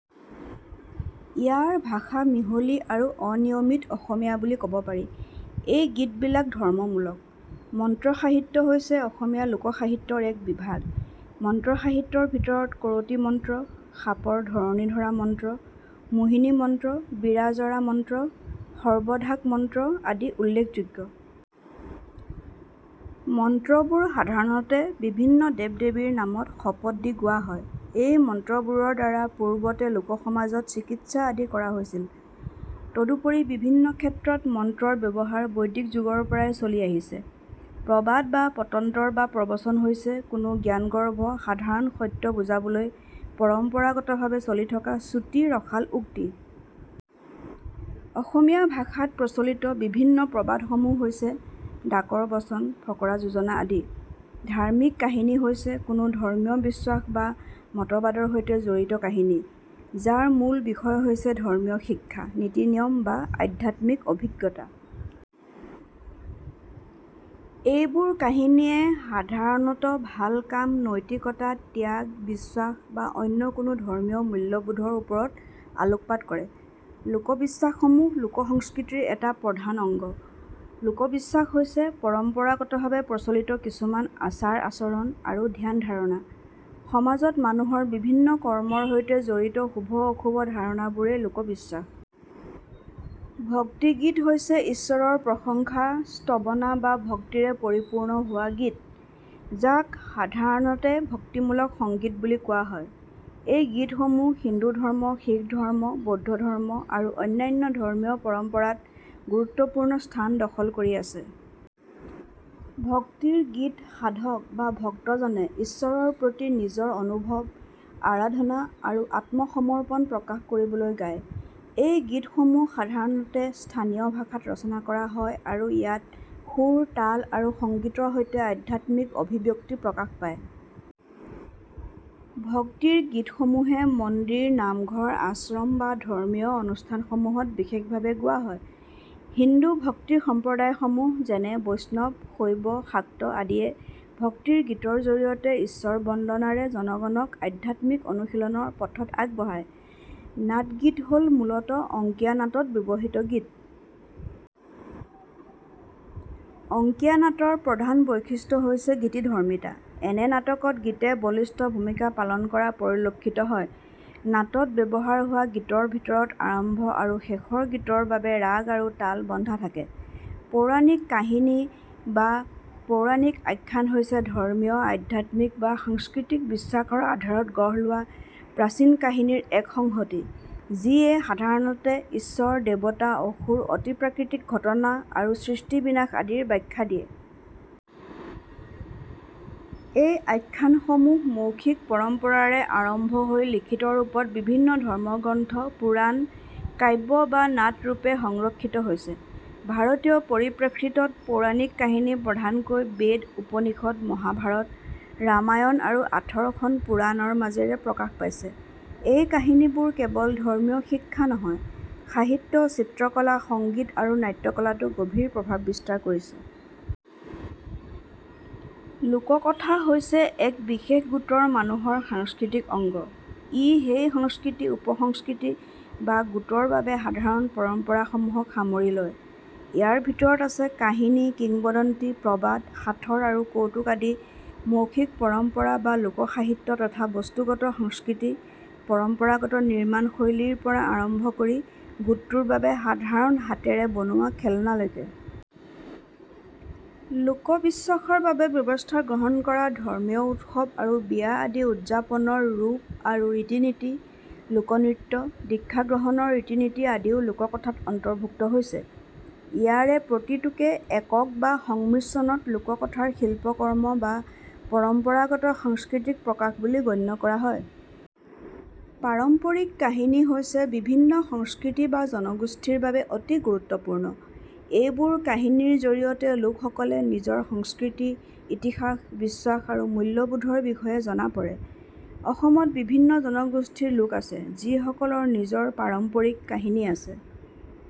ইয়াৰ ভাষা মিহলি আৰু অনিয়মিত অসমীয়া বুলি ক'ব পাৰি। এই গীতবিলাক ধৰ্মমূলক। মন্ত্ৰ সাহিত্য হৈছে অসমীয়া লোক সাহিত্যৰ এক বিভাগ। মন্ত্ৰ সাহিত্যৰ ভিতৰত কৰতি মন্ত্ৰ, সাপৰ ধৰণী ধৰা মন্ত্ৰ, মোহিনী মন্ত্ৰ, বীৰাজৰা মন্ত্ৰ, সৰ্ব্বঢাক মন্ত্ৰ আদি উল্লেখযোগ্য। মন্ত্ৰবোৰ সাধাৰণতে বিভিন্ন দেৱ-দেৱীৰ নামত শপত দি গোৱা হয়। এই মন্ত্ৰবোৰৰ দ্বাৰা পূৰ্বতে লোক সমাজত চিকিৎসা আদি কৰা হৈছিল। তদুপৰি বিভিন্ন ক্ষেত্ৰত মন্ত্ৰৰ ব্যৱহাৰ বৈদিক যুগৰ পৰাই চলি আহিছে। প্ৰবাদ বা পটন্তৰ বা প্ৰবচন হৈছে কোনো জ্ঞানগৰ্ভ সাধাৰণ সত্য বুজাবলৈ পৰম্পৰাগত ভাৱে চলি থকা চুটি, ৰসাল উক্তি। অসমীয়া ভাষাত প্ৰচলিত বিভিন্ন প্ৰবাদসমূহ হৈছে, ডাকৰ বচন, ফকৰা যোজনা আদি। ধাৰ্মিক কাহিনী হৈছে কোনো ধৰ্মীয় বিশ্বাস বা মতবাদৰ সৈতে জড়িত কাহিনী, যাৰ মূল বিষয় হৈছে ধৰ্মীয় শিক্ষা, নীতি-নিয়ম বা আধ্যাত্মিক অভিজ্ঞতা। এইবোৰ কাহিনীয়ে সাধাৰণত ভাল কাম, নৈতিকতা, ত্যাগ, বিশ্বাস বা অন্য কোনো ধৰ্মীয় মূল্যবোধৰ ওপৰত আলোকপাত কৰে। লোকবিশ্বাস সমূহ লোকসংস্কৃতিৰ এটা প্ৰধান অংগ। লোকবিশ্বাস হৈছে পৰম্পৰাগতভাৱে প্ৰচলিত কিছুমান আচাৰ-আচৰণ আৰু ধ্যান-ধাৰণা। সমাজত মানুহৰ বিভিন্ন কৰ্মৰ সৈতে জড়িত শুভ-অশুভ ধাৰণাবোৰেই লোকবিশ্বাস। ভক্তি গীত হৈছে ঈশ্বৰৰ প্ৰশংসা, স্তবনা বা ভক্তিৰে পৰিপূৰ্ণ হোৱা গীত, যাক সাধাৰণতে ভক্তিমূলক সংগীত বুলি কোৱা হয়। এই গীতসমূহ হিন্দু ধৰ্ম, শিখ ধৰ্ম, বৌদ্ধ ধৰ্ম আৰু অন্যান্য ধৰ্মীয় পৰম্পৰাত গুৰুত্বপূৰ্ণ স্থান দখল কৰি আছে। ভক্তিৰ গীত সাধক বা ভক্তজনে ঈশ্বৰৰ প্ৰতি নিজৰ অনুভৱ, আৰাধনা আৰু আত্মসমৰ্পণ প্ৰকাশ কৰিবলৈ গায়। এই গীতসমূহ সাধাৰণতে স্থানীয় ভাষাত ৰচনা কৰা হয় আৰু ইয়াত সুৰ, তাল, আৰু সংগীতৰ সৈতে আধ্যাত্মিক অভিব্যক্তি প্ৰকাশ পায়। ভক্তিৰ গীতসমূহে মন্দিৰ, নামঘৰ, আশ্ৰম বা ধৰ্মীয় অনুষ্ঠানসমূহত বিশেষভাৱে গোৱা হয়। হিন্দু ভক্তিসঁপ্ৰদায়সমূহ যেনে বৈষ্ণৱ, শৈৱ, শাক্ত আদিয়ে ভক্তিৰ গীতৰ জৰিয়তে ঈশ্বৰ-বন্দনাৰে জনগণক আধ্যাত্মিক অনুশীলনৰ পথত আগবঢ়ায়। নাট গীত হ'ল মূলতঃ অংকীয়া নাট ত ব্যৱহৃত গীত। অংকীয়া নাটৰ প্ৰধান বৈশিষ্ট্য হৈছে গীতিধৰ্মিতা। এনে নাটকত গীতে বলিষ্ঠ ভূমিকা পালন কৰা পৰিলক্ষিত হয়। নাটত ব্যৱহাৰ হোৱা গীতৰ ভিতৰত আৰম্ভ আৰু শেষৰ গীতৰ বাবে ৰাগ আৰু তাল বন্ধা থাকে। পৌৰাণিক কাহিনী বা পৌৰাণিক আখ্যান হৈছে ধৰ্মীয়, আধ্যাত্মিক বা সাংস্কৃতিক বিশ্বাসৰ আধাৰত গঢ় লোৱা প্ৰাচীন কাহিনীৰ এক সংহতি, যিয়ে সাধাৰণতে ঈশ্বৰ, দেৱতা, অসুৰ, অতিপ্ৰাকৃতিক ঘটনা আৰু সৃষ্টি-বিনাশ আদিৰ ব্যাখ্যা দিয়ে। এই আখ্যানসমূহ মৌখিক পৰম্পৰাৰে আৰম্ভ হৈ লিখিত ৰূপত বিভিন্ন ধৰ্মগ্ৰন্থ, পুৰাণ, কাব্য বা নাট্যৰূপে সংৰক্ষিত হৈছে। ভাৰতীয় পৰিপ্ৰেক্ষিতত, পৌৰাণিক কাহিনী প্ৰধানকৈ বেদ, উপনিষদ, মহাভাৰত, ৰামায়ণ আৰু আঠৰখন পুৰাণ ৰ মাজেৰে প্ৰকাশ পাইছে। এই কাহিনীবোৰ কেৱল ধৰ্মীয় শিক্ষা নহয়, সাহিত্য, চিত্ৰকলা, সংগীত আৰু নাট্যকলাতো গভীৰ প্ৰভাৱ বিস্তাৰ কৰিছে। লোককথা হৈছে এক বিশেষ গোটৰ মানুহৰ সাংস্কৃতিক অংগ; ই সেই সংস্কৃতি, উপসংস্কৃতি বা গোটৰ বাবে সাধাৰণ পৰম্পৰাসমূহক সামৰি লয়। ইয়াৰ ভিতৰত আছে কাহিনী, কিংবদন্তি, প্ৰবাদ, সাঁথৰ আৰু কৌতুক আদি মৌখিক পৰম্পৰা বা লোক সাহিত্য তথা বস্তুগত সংস্কৃতি, পৰম্পৰাগত নিৰ্মাণ শৈলীৰ পৰা আৰম্ভ কৰি গোটটোৰ বাবে সাধাৰণ হাতেৰে বনোৱা খেলনালৈকে। লোকবিশ্বাসত প্ৰথাগত জ্ঞান, লোকবিশ্বাসৰ বাবে ব্যৱস্থা গ্ৰহণ কৰা, ধৰ্মীয় উৎসৱ আৰু বিয়া আদি উদযাপনৰ ৰূপ আৰু ৰীতি-নীতি, লোকনৃত্য, দীক্ষাগ্ৰহণৰ ৰীতি-নীতি আদিও লোককথাত অন্তৰ্ভুক্ত হৈছে। ইয়াৰে প্ৰতিটোকে একক বা সংমিশ্ৰণত লোককথাৰ শিল্পকৰ্ম বা পৰম্পৰাগত সাংস্কৃতিক প্ৰকাশ বুলি গণ্য কৰা হয়। পাৰম্পৰিক কাহিনী হৈছে বিভিন্ন সংস্কৃতি বা জনগোষ্ঠীৰ বাবে অতি গুৰুত্বপূৰ্ণ। এইবোৰ কাহিনীৰ জৰিয়তে লোকসকলে নিজৰ সংস্কৃতি, ইতিহাস, বিশ্বাস আৰু মূল্যবোধৰ বিষয়ে জনা পাৰে। অসমত বিভিন্ন জনগোষ্ঠীৰ লোক আছে, যিসকলৰ নিজৰ পাৰম্পৰিক কাহিনী আছে।